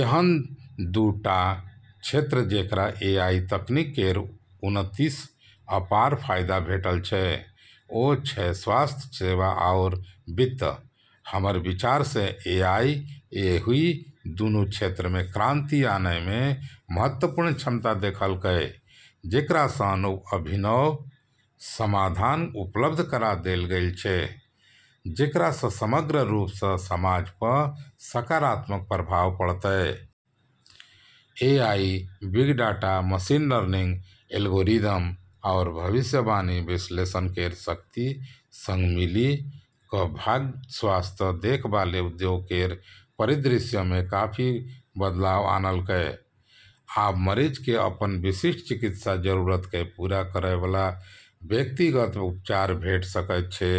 एहन दू टा क्षेत्र जेकरा एआई तकनीक केर उन्नतिसँ अपार फाइदा भेटल छै, ओ छै स्वास्थ्य सेवा आओर वित्त। हमर विचारसँ एआई एहि दुन्नु क्षेत्रमे क्रांति आनैमे महत्वपूर्ण क्षमता देखैलकै, जेकरासँ अभिनव समाधान उपलब्ध करा देल गेल छै, जेकरासँ समग्र रूपसँ समाज प' सकारात्मक प्रभाव पड़तै। AI, big data, machine learning algorithm, आओर भविष्यवाणी विश्लेषण केर शक्ति सङ्ग मिलि क' स्वास्थ्य देखभाल उद्योग केर परिदृश्यमे काफी बदलाव आनलकै । आब मरीजके अपन विशिष्ट चिकित्सा जरूरतकेँ पूरा करयबला व्यक्तिगत उपचार भेट सकैत छै ।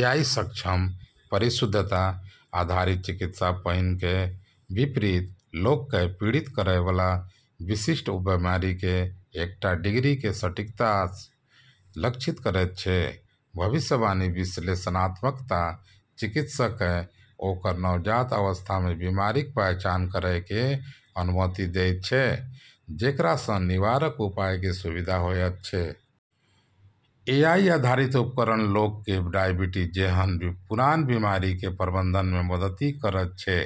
एआई-सक्षम, परिशुद्धता आधारित चिकित्सा पहिनेके विपरीत, लोककेँ पीड़ित करयबला विशिष्ट बीमारिकेँ एकटा डिग्रीकेँ सटीकतासँ लक्षित करैत छै । भविष्यवाणी विश्लेषणात्मकता चिकित्सककेँ ओकर नवजात अवस्थामे बीमारिक पहचान करैके अनुमति देइत छै, जेकरासँ निवारक उपायके सुविधा होयत छै । एआई आधारित उपकरण लोकके डायबिटीज जेहन पुरान बिमारिके प्रबंधनमे मदति करैत छै,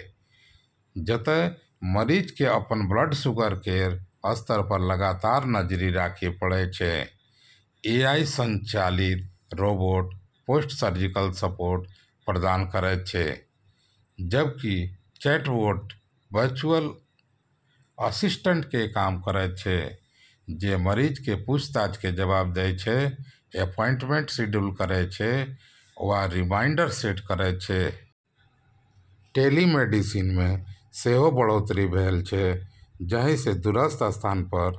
जतऽ मरीजकेँ अपन ब्लड शुगर केर स्तर पर लगातार नजरि राखै पड़ै छै। एआई संचालित रोबोट पोस्ट-सर्जिकल सपोर्ट प्रदान करैत छै, जबकि चैटबोट वर्चुअल असिस्टेंटके काम करैत छै, जे मरीजके पूछताछके जवाब दै छै, अपॉइंटमेंट शेड्यूल करै छै वा रिमाइंडर सेट करैत छै । टेलीमेडिसिनमे सेहो बढ़ोतरी भेल अछि, जाहिसँ दूरस्थ स्थान पर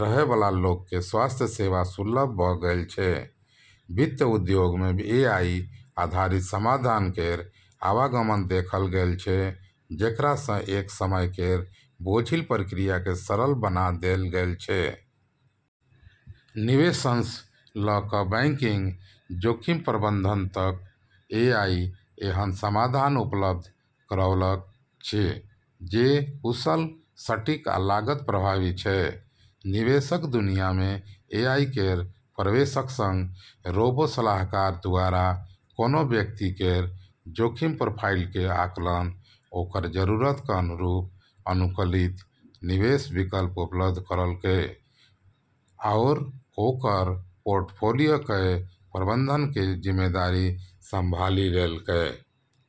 रहयबला लोकके स्वास्थ्य सेवा सुलभ भ' गेल अछि । वित्त उद्योगमे एआई आधारित समाधान केर आवागमन देखल गेल छै जेकरासँ एक समय केर बोझिल प्रक्रियाके सरल बना देल गेल छै। निवेशसँ ल' क' बैंकिंग, जोखिम प्रबंधन तक, एआई एहन समाधान उपलब्ध करौलक अछि जे कुशल, सटीक आ लागत प्रभावी छै । निवेशक दुनियामे एआई केर प्रवेशक सङ्ग रोबो-सलाहकार दुआरा कोनो व्यक्ति केर जोखिम प्रोफाइलके आकलन, ओकर जरूरतक अनुरूप अनुकूलित निवेश विकल्प उपलब्ध करोलकै, आओर ओकर पोर्टफोलियोकेँ प्रबंधनके जिम्मेदारी संभाली लेलकै।